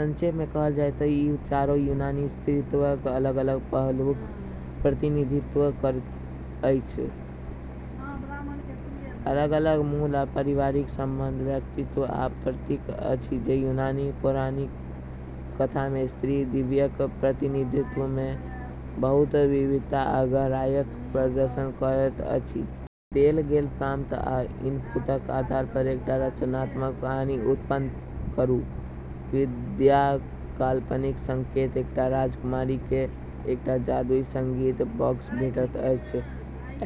संक्षेपमे कहल जाय तँ ई चारो यूनानी देवी स्त्रीत्वक अलग-अलग पहलूक प्रतिनिधित्व करैत छथि, अलग-अलग मूल आ पारिवारिक संबंध, व्यक्तित्व आ प्रतीक अछि, जे यूनानी पौराणिक कथामे स्त्री दिव्यक प्रतिनिधित्वमे बहुत विविधता आ गहराईक प्रदर्शन करैत अछि। देल गेल प्रॉम्प्ट आ इनपुटक आधार पर एकटा रचनात्मक कहानी उत्पन्न करू। विधा: काल्पनिक संकेत: एकटा राजकुमारीकेँ एकटा जादुई संगीत बॉक्स भेटैत अछि।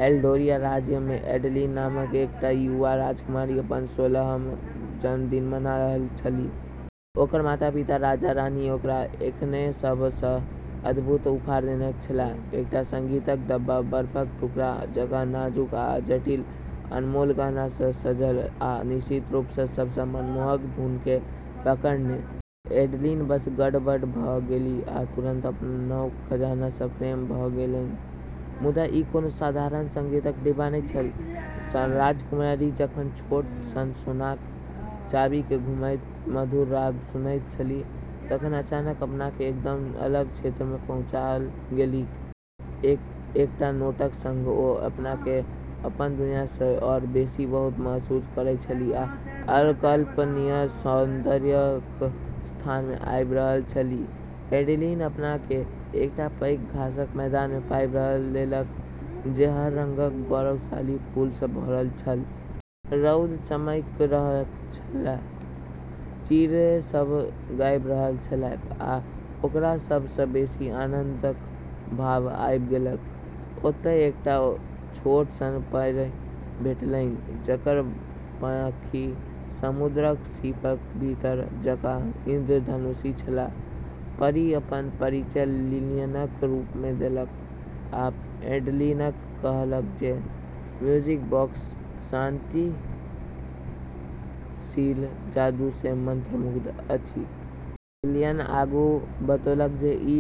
एल्डोरिया राज्यमे एडलिन नामक एकटा युवा राजकुमारी अपन सोलहम जन्मदिन मना रहल छलीह। ओकर माता-पिता राजा-रानी ओकरा एखनहि सभ सँ अद्भुत उपहार देने छलैक: एकटा संगीतक डिब्बा, बर्फक टुकड़ा जकाँ नाजुक आ जटिल, अनमोल गहना सँ सजल, आ निश्चित रूप सँ, सभ सँ मनमोहक धुनकेँ पकड़ने। एडलिन बस गदगद भ’ गेलीह आ तुरंत अपन नव खजाना सँ प्रेम भ’ गेलैन। मुदा ई कोनो साधारण संगीतक डिब्बा नहि छल। राजकुमारी जखन छोट सन सोनाक चाभीकेँ घुमैत मधुर राग सुनैत छलीह तखन अचानक अपनाकेँ एकदम अलग क्षेत्रमे पहुँचाओल गेलीह। एक-एकटा नोटक संग ओ अपनाकेँ अपन दुनिया सँ आओर बेसी बहैत महसूस करैत छलीह आ अकल्पनीय सौन्दर्यक स्थानमे आबि रहल छलीह। एडलिन अपनाकेँ एकटा पैघ घासक मैदानमे पाबि लेलकै, जे हर रंगक गौरवशाली फूल सँ भरल छल। रौद चमकि रहल छलैक, चिड़ै सभ गाबि रहल छलैक, आ ओकरा सभ सँ बेसी आनन्दक भाव आबि गेलैक। ओतय एकटा छोट सन परी भेटलनि जकर पाँखि समुद्रक सीपक भीतर जकाँ इंद्रधनुषी छल। परी अपन परिचय लिलियनक रूपमे देलक आ एडलिनकेँ कहलक जे म्यूजिक बॉक्स शक्तिशाली जादू सँ मंत्रमुग्ध अछि। लिलियन आगू बतौलक जे ई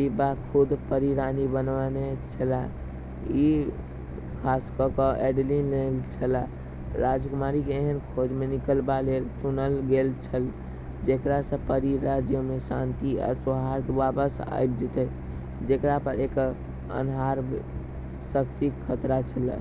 डिब्बा खुद परी रानी बनवाने छलीह आ ई खास क’ क’ एडलिन लेल छल। राजकुमारीकेँ एहन खोजमे निकलबा लेल चुनल गेल छल जेकरा सँ परी राज्यमे शांति आ सौहार्द वापस आबि जेतै, जेकरा पर एक अन्हार शक्तिक खतरा छल।